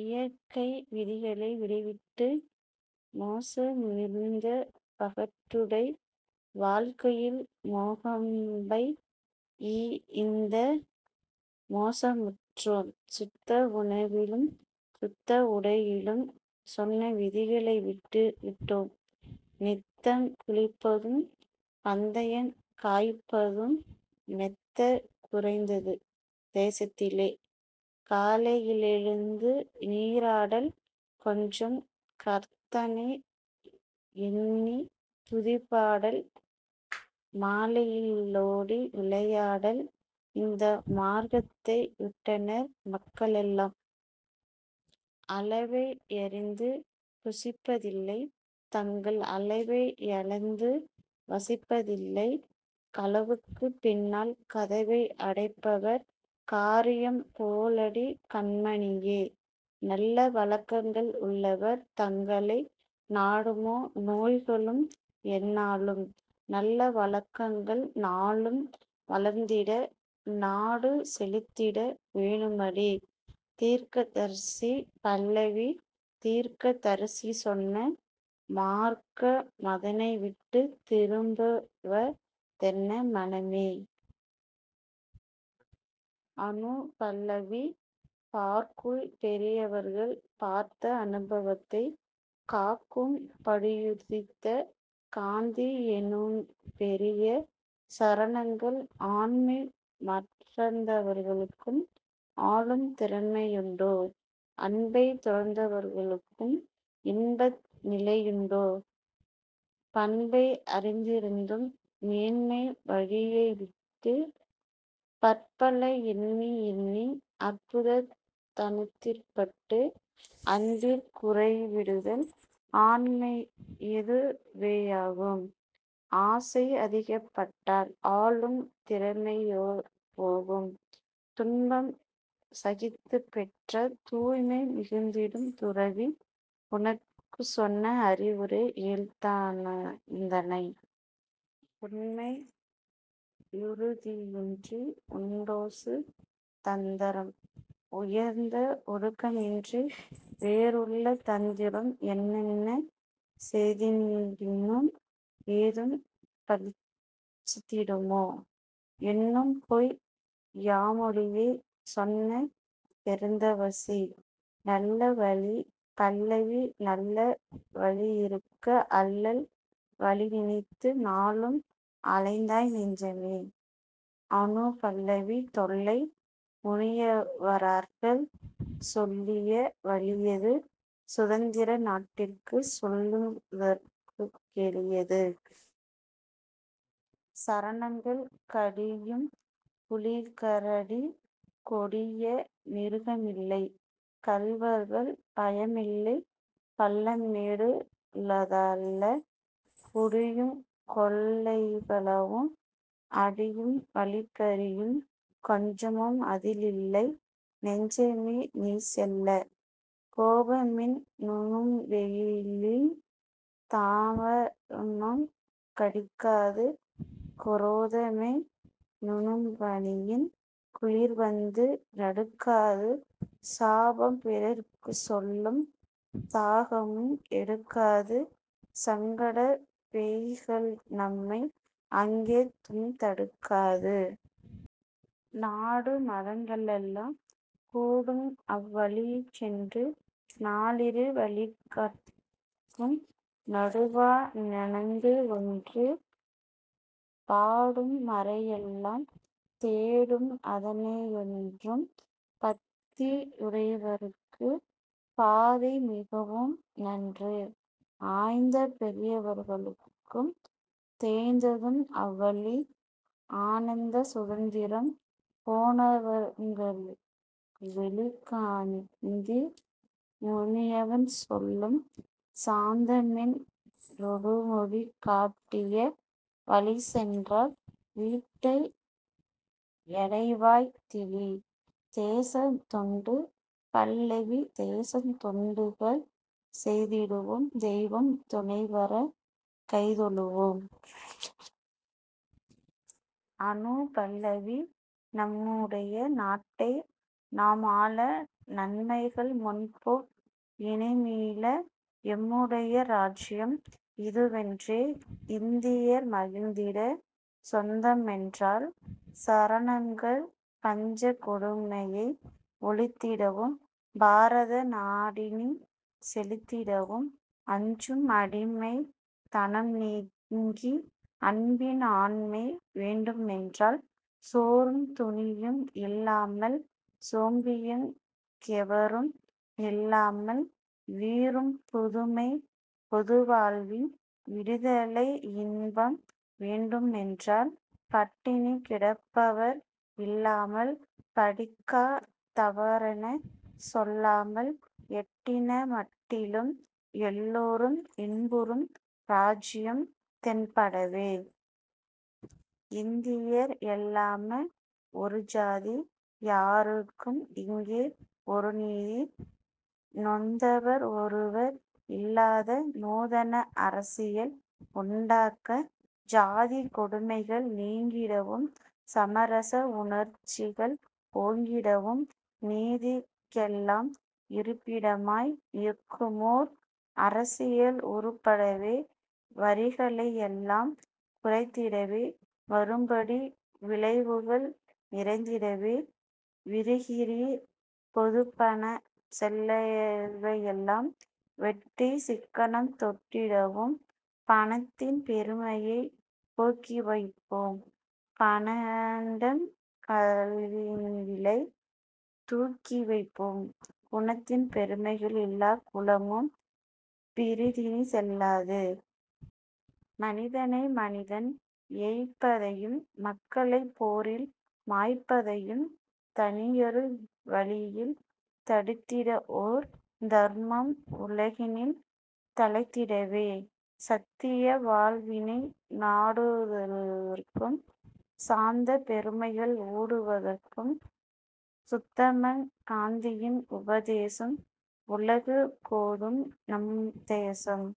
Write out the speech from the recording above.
இயற்கை விதிகளை விட்டுவிட்டு மோச மிருந்த பகட்டுடை வாழ்க்கையில் மோகம்வைத் தேஇந்த மோசமுற்றோம்! சுத்த உணவிலும் சுத்த உடையிலும் சொன்ன விதிகளை விட்டு விட்டோம்; நித்தங் குளிப்பதும் பத்தியங் காப்பதும் மெத்தக் குறைந்தது தேசத்திலே. காலையி லெழுந்து நீராடல் கொஞ்சம் கர்த்தனை யெண்ணித் துதிபாடல் மாலையி லோடி விளையாடல் இந்த மார்க்கத்தை விட்டனர் மக்களெல்லாம். அளவை யறிந்து புசிப்பதில்லை தங்கள் அளவை யளந்து வசிப்பதில்லை களவுக்குப் பின்னால் கதவை அடைப்பவர் காரியம் போலடி கண்மணியே! நல்ல வழக்கங்கள் உள்ளவர் தங்களை நாடுமோ நோய்களும் எந்நாளும்? நல்ல வழக்கங்கள் நாளும் வளர்ந்திட நாடு செழித்திட வேணுமடி.. தீர்க்கதரிசி பல்லவி தீர்க்க தரிசிசொன்ன மார்க்க மதனைவிட்டுத் திரும்புவ தென்ன மனமே! அநுபல்லவி பார்க்குள் பெரியவர்கள் பார்த்த அனுபவத்தைக் காக்கும் படியுதித்த காந்தி யெனும்பெரிய சரணங்கள் ஆண்மை மறந்தவர்க்கும் ஆளும் திறமையுண்டோ? அன்பைத் துறந்தவர்க்கும் இன்ப நிலையுமுண்டோ? பான்மை அறிந்திருந்தும் மேன்மை வழியைவிட்டுப் பற்பல எண்ணிஎண்ணி அற்பத் தனத்திற்பட்டு அன்பிற் குயிர்விடுதல் ஆண்மை யதுவேயாகும்; ஆசை அதிகப்பட்டால் ஆளும் திறமைபோகும்; துன்பம் சகித்துப்பெற்ற தூய்மை மிகுந்திடும் துறவி உனக்குச்சொன்ன அறவுரை இகழ்ந்தனை. உண்மை யுறுதியின்றி உண்டோசு தந்தரம்? உயர்ந்த ஒழுக்கமின்றி வேறுள்ள தந்திரம் என்னென்ன செய்திடினும் ஏதும் பலித்திடுமோ? என்னும்பொய் யாமொழியைச் சொன்ன பெருந்தவசி. நல்ல வழி பல்லவி நல்ல வழியிருக்க அல்லல் வழிநினைத்து நாளும் அலைந்தாய் நெஞ்சமே! அநுபல்லவி தொல்லை முனிவரர்கள் சொல்லிய வழியது சுதந்தர நாட்டிற்குச் சொல்லுதற் கெளியது. சரணங்கள் கடியும் புலிகரடி கொடிய மிருகமில்லை கள்வர்கள் பயமில்லை பள்ளம்மே டுள்ளதல்ல குடியுங் கொலைகளவும் அடியும் வழிப்பறியும் கொஞ்சமும் அதிலில்லை நெஞ்சமே நீசெல்ல. கோபமென் னும்வெயிலின் தாபமங் கடிக்காது குரோதமெ னும்பனியின் குளிர்வந்து நடுக்காது சாபம் பிறர்க்குச்சொல்லும் தாகமும் எடுக்காது சங்கடப் பேய்கள்நம்மை அங்கே தும் தடுக்காது. நாடும் மதங்களெல்லாம் கூடும்அவ் வழிசென்று நாலிரு வழிகட்கும் நடுவா னத்துவொன்று பாடும் மறைகளெல்லாம் தேடும் அதனையென்றும் பத்தி யுடையவர்க்குப் பாதை மிகவும்நன்று. ஆய்ந்த பெரியவர்கள் தேர்ந்ததும் அவ்வழி ஆனந்த சுதந்தரம் போனவர்க் கங்குவெளி காந்தி முனிவன்சொல்லும் சாந்தமென் றொருமொழி காட்டிய வழிசென்றால் வீட்டை யடைவாய்தெளி.. தேசத் தொண்டு பல்லவி தேசத் தொண்டுகள் செய்திடுவோம் தெய்வம் துணைவரக் கைதொழுவோம். அநுபல்லவி நம்முடை நாட்டை நாம்ஆள நன்மைகள் முன்போக் இனிமீள எம்முடைய ராஜ்ஜியம் இதுவென்றே இந்தியர் மகிழ்ந்திடச் சொந்தமென்றால். சரணங்கள் பஞ்சக் கொடுமையை ஒழித்திடவும் பாரத நாடினிச் செழித்திடவும் அஞ்சும் அடிமைத் தனம்நீங்கி அன்பின் ஆண்மை வேண்டுமென்றால் சோறும் துணியும் இல்லாமல் சோம்பியங் கெவரும் நில்லாமல் வீறும் புதுமைப் பொதுவாழ்வின் விடுதலை யின்பம் வேண்டுமென்றால் பட்டினி கிடப்பவர் இல்லாமல் படிக்கா தவரெனச் சொல்லாமல் எட்டின மட்டிலும் எல்லாரும் இன்புறும் ராஜ்ஜியம் தென்படவே. இந்தியர் எல்லாம ஒருஜாதி யாருக்கும் இங்கே ஒருநீதி நொந்தவர் ஒருவரும் இல்லாத நூதன அரசியல் உண்டாக்க ஜாதிக் கொடுமைகள் நீங்கிடவும் சமரச உணர்ச்சிகள் ஓங்கிடவும் நீதிக் கெல்லாம் இருப்பிடமாய் நிற்குமோர் அரசியல் உருப்படவே வரிகளை யெல்லாம் குறைத்திடவே வரும்படி விளைவுகள் நிறைத்திடவே விரிகிற பொதுப்பணச் செல்வையெல்லாம் வெட்டிச் சிக்கனம் தொட்டிடவும் பணத்தின் பெருமையைப் போக்கிவைப்போம் பண்டங் களின்விலை தூக்கிவைப்போம் குணத்தின் பெருமைகள் இல்லாத குலமும் பிறிதினிச் செல்லாது. மனிதனை மனிதன் ஏய்ப்பதையும் மக்களைப் போரில் மாய்ப்பதையும் தனியரு வழியில் தடுத்திடஓர் தருமம் உலகினில் தழைத்திடவே. சத்திய வாழ்வினை நாடுதற்கும் சாந்தப் பெருமைகள் கூடுதற்கும் உத்தமக் காந்தியின் உபதேசம் உலகுக் கோதும் நம்தேசம்.